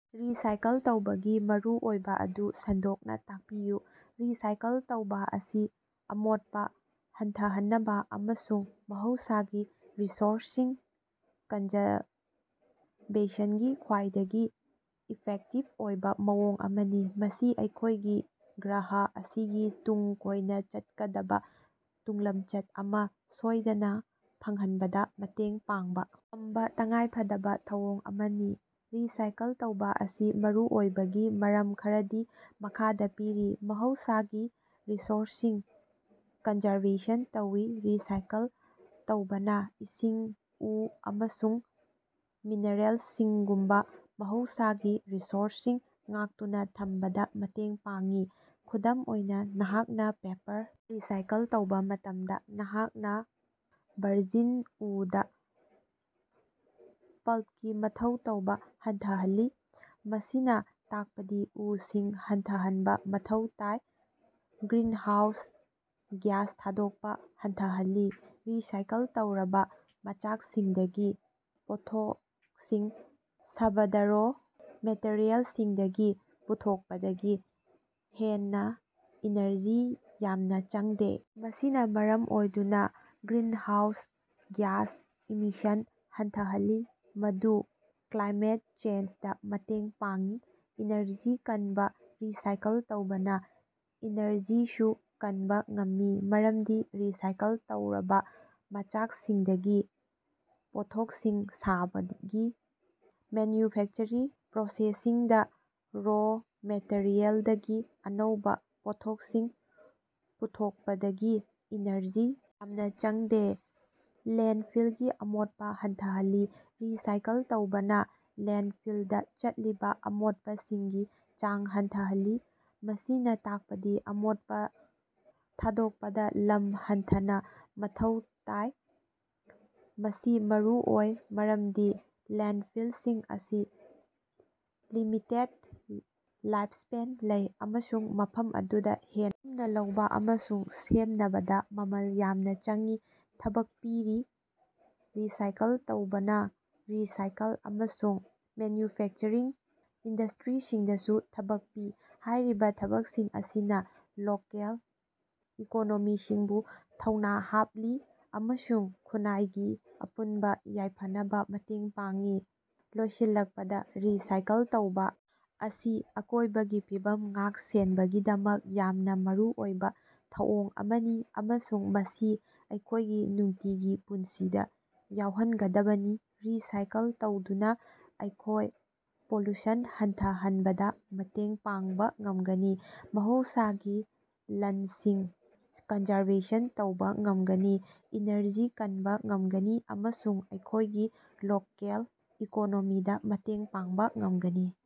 Recycle ꯇꯧꯕꯒꯤ ꯃꯔꯨꯑꯣꯏꯕ ꯑꯗꯨ ꯁꯟꯗꯣꯛꯅ ꯇꯥꯛꯄꯤꯌꯨ꯫ ꯔꯤꯁꯥꯏꯀꯜ ꯇꯧꯕꯥ ꯑꯁꯤ ꯑꯃꯣꯠꯄ ꯍꯟꯊꯍꯟꯅꯕ ꯑꯃꯁꯨꯡ ꯃꯍꯧꯁꯥꯒꯤ ꯔꯤꯁꯣꯔꯁꯁꯤꯡ ꯀꯟꯖꯔꯕꯦꯁꯟꯒꯤ ꯈ꯭ꯋꯥꯏꯗꯒꯤ ꯏꯐꯦꯛꯇꯤꯕ ꯑꯣꯏꯕ ꯃꯑꯣꯡ ꯑꯃꯅꯤ꯫ ꯃꯁꯤ ꯑꯩꯈꯣꯏꯒꯤ ꯒ꯭ꯔꯍ ꯑꯁꯤꯒꯤ ꯇꯨꯡ ꯀꯣꯏꯅ ꯆꯠꯀꯗꯕ ꯇꯨꯡꯂꯝꯆꯠ ꯑꯃ ꯁꯣꯏꯗꯅ ꯐꯪꯍꯟꯕꯗ ꯃꯇꯦꯡ ꯄꯥꯡꯕ ꯉꯝꯕ ꯇꯉꯥꯏꯐꯗꯕ ꯊꯧꯑꯣꯡ ꯑꯃꯅꯤ꯫ ꯔꯤꯁꯥꯏꯀꯜ ꯇꯧꯕ ꯑꯁꯤ ꯃꯔꯨꯑꯣꯏꯕꯒꯤ ꯃꯔꯝ ꯈꯔꯗꯤ ꯃꯈꯥꯗ ꯄꯤꯔꯤ: ꯃꯍꯧꯁꯥꯒꯤ ꯔꯤꯁꯣꯔꯁꯁꯤꯡ ꯀꯟꯖꯔꯕꯦꯁꯟ ꯇꯧꯏ ꯫ ꯔꯤꯁꯥꯏꯀꯜ ꯇꯧꯕꯅ ꯏꯁꯤꯡ, ꯎ ꯑꯃꯁꯨꯡ ꯃꯤꯅꯔꯦꯜꯁꯤꯡꯒꯨꯝꯕ ꯃꯍꯧꯁꯥꯒꯤ ꯔꯤꯁꯣꯔꯁꯁꯤꯡ ꯉꯥꯛꯇꯨꯅ ꯊꯝꯕꯗ ꯃꯇꯦꯡ ꯄꯥꯡꯏ꯫ ꯈꯨꯗꯝ ꯑꯣꯏꯅ ꯅꯍꯥꯛꯅ ꯄꯦꯄꯔ ꯔꯤꯁꯥꯏꯀꯜ ꯇꯧꯕ ꯃꯇꯝꯗ, ꯅꯍꯥꯛꯅ ꯚꯔꯖꯤꯟ ꯎꯗ ꯄꯜꯄꯀꯤ ꯃꯊꯧ ꯇꯥꯕ ꯍꯟꯊꯍꯜꯂꯤ꯫ ꯃꯁꯤꯅ ꯇꯥꯛꯄꯗꯤ ꯎꯁꯤꯡ ꯍꯟꯊꯍꯟꯕ ꯃꯊꯧ ꯇꯥꯏ꯫ ꯒ꯭ꯔꯤꯟ ꯍꯥꯎꯁ ꯒ꯭ꯌꯥꯁ ꯊꯥꯗꯣꯛꯄ ꯍꯟꯊꯍꯜꯂꯤ꯫ ꯔꯤꯁꯥꯏꯀꯜ ꯇꯧꯔꯕ ꯃꯆꯥꯛꯁꯤꯡꯗꯒꯤ ꯄꯣꯠꯊꯣꯛꯁꯤꯡ ꯁꯥꯕꯗ ꯔꯣ ꯃꯦꯇꯔꯤꯌꯦꯜꯁꯤꯡꯗꯒꯤ ꯄꯨꯊꯣꯛꯄꯗꯒꯤ ꯍꯦꯟꯅ ꯏꯅꯔꯖꯤ ꯌꯥꯝꯅ ꯆꯪꯗꯦ꯫ ꯃꯁꯤꯅ ꯃꯔꯝ ꯑꯣꯏꯗꯨꯅ ꯒ꯭ꯔꯤꯟꯍꯥꯎꯁ ꯒ꯭ꯌꯥꯁ ꯏꯃꯤꯁꯟ ꯍꯟꯊꯍꯜꯂꯤ꯫ ꯃꯗꯨ ꯀ꯭ꯂꯥꯏꯃꯦꯠ ꯆꯦꯟꯖꯗ ꯃꯇꯦꯡ ꯄꯥꯡꯏ꯫ ꯏꯅꯔꯖꯤ ꯀꯟꯕ: ꯔꯤꯁꯥꯏꯀꯜ ꯇꯧꯕꯅ ꯏꯅꯔꯖꯤꯁꯨ ꯀꯟꯕ ꯉꯝꯃꯤ ꯃꯔꯝꯗꯤ ꯔꯤꯁꯥꯏꯀꯜ ꯇꯧꯔꯕ ꯃꯆꯥꯛꯁꯤꯡꯗꯒꯤ ꯄꯣꯠꯊꯣꯛꯁꯤꯡ ꯁꯥꯕꯒꯤ ꯃꯦꯟꯌꯨꯐꯦꯛꯆꯔꯤ ꯄ꯭ꯔꯣꯁꯦꯁꯁꯤꯡꯗ ꯔꯣ ꯃꯦꯇꯔꯤꯌꯦꯜꯗꯒꯤ ꯑꯅꯧꯕ ꯄꯣꯠꯊꯣꯛꯁꯤꯡ ꯄꯨꯊꯣꯛꯄꯗꯒꯤ ꯏꯅꯔꯖꯤ ꯌꯥꯝꯅ ꯆꯪꯗꯦ꯫ ꯂꯦꯟꯗꯐꯤꯜꯒꯤ ꯑꯃꯣꯠꯄ ꯍꯟꯊꯍꯜꯂꯤ: ꯔꯤꯁꯥꯏꯀꯜ ꯇꯧꯕꯅꯥ ꯂꯦꯟꯗꯐꯤꯜꯗ ꯆꯠꯂꯤꯕ ꯑꯃꯣꯠꯄꯁꯤꯡꯒꯤ ꯆꯥꯡ ꯍꯟꯊꯍꯜꯂꯤ꯫ ꯃꯁꯤꯅ ꯇꯥꯛꯄꯗꯤ ꯑꯃꯣꯠꯄ ꯊꯥꯗꯣꯛꯄꯗ ꯂꯝ ꯍꯟꯊꯅ ꯃꯊꯧ ꯇꯥꯏ꯫ ꯃꯁꯤ ꯃꯔꯨꯑꯣꯏ ꯃꯔꯝꯗꯤ ꯂꯦꯟꯗꯐꯤꯜꯁꯤꯡ ꯑꯁꯤ ꯂꯤꯃꯤꯇꯦꯗ ꯂꯥꯏꯐꯁ꯭ꯄꯦꯟ ꯂꯩ ꯫ ꯑꯃꯁꯨꯡ ꯃꯐꯝ ꯑꯗꯨꯗ ꯍꯦꯟꯅ ꯂꯨꯝꯅ ꯂꯧꯕ ꯑꯃꯁꯨꯡ ꯁꯦꯟꯅꯕꯗ ꯃꯃꯜ ꯌꯥꯝꯅ ꯆꯪꯏ꯫ ꯊꯕꯛ ꯄꯤꯔꯤ: ꯔꯤꯁꯥꯏꯀꯜ ꯇꯧꯕꯅ ꯔꯤꯁꯥꯏꯀꯜ ꯑꯃꯁꯨꯡ ꯃꯦꯟꯌꯨꯐꯦꯛꯆꯔꯤꯡ ꯏꯟꯗꯁ꯭ꯇꯔꯤꯁꯤꯡꯗꯁꯨ ꯊꯕꯛ ꯄꯤ꯫ ꯍꯥꯏꯔꯤꯕ ꯊꯕꯛꯁꯤꯡ ꯑꯁꯤꯅ ꯂꯣꯀꯦꯜ ꯏꯀꯣꯅꯣꯃꯤꯁꯤꯡꯕꯨ ꯊꯧꯅ ꯍꯥꯞꯂꯤ꯫ ꯑꯃꯁꯨꯡ ꯈꯨꯟꯅꯥꯏꯒꯤ ꯑꯄꯨꯟꯕ ꯌꯥꯏꯐꯅꯕ ꯃꯇꯦꯡ ꯄꯥꯡꯏ꯫ ꯂꯣꯏꯁꯤꯜꯂꯒꯄꯗ ꯔꯤꯁꯥꯏꯀꯜ ꯇꯧꯕ ꯑꯁꯤ ꯑꯀꯣꯏꯕꯒꯤ ꯐꯤꯕꯝ ꯉꯥꯛ-ꯁꯦꯟꯅꯕꯒꯤꯗꯃꯛ ꯌꯥꯝꯅ ꯃꯔꯨꯑꯣꯏꯕ ꯊꯧꯑꯣꯡ ꯑꯃꯅꯤ꯫ꯑꯃꯁꯨꯡ ꯃꯁꯤ ꯑꯩꯈꯣꯏꯒꯤ ꯅꯨꯡꯇꯤꯒꯤ ꯄꯨꯟꯁꯤꯗ ꯌꯥꯎꯍꯟꯒꯗꯕꯅꯤ꯫ ꯔꯤꯁꯥꯏꯀꯜ ꯇꯧꯗꯨꯅ ꯑꯩꯈꯣꯏ ꯄꯣꯂꯨꯁꯟ ꯍꯟꯊꯍꯟꯕꯗ ꯃꯇꯦꯡ ꯄꯥꯡꯕ ꯉꯝꯒꯅꯤ꯫ ꯃꯍꯧꯁꯥꯒꯤ ꯂꯟꯁꯤꯡ ꯀꯟꯖꯔꯕꯦꯁꯟ ꯇꯧꯕ ꯉꯝꯒꯅꯤ꯫ꯏꯅꯔꯖꯤ ꯀꯟꯕ ꯉꯝꯒꯅꯤ ꯑꯃꯁꯨꯡ ꯑꯩꯈꯣꯢꯒꯤ ꯂꯣꯀꯦꯜ ꯏꯀꯣꯅꯣꯃꯤꯗ ꯃꯇꯦꯡ ꯄꯥꯡꯕ ꯉꯝꯒꯅꯤ꯫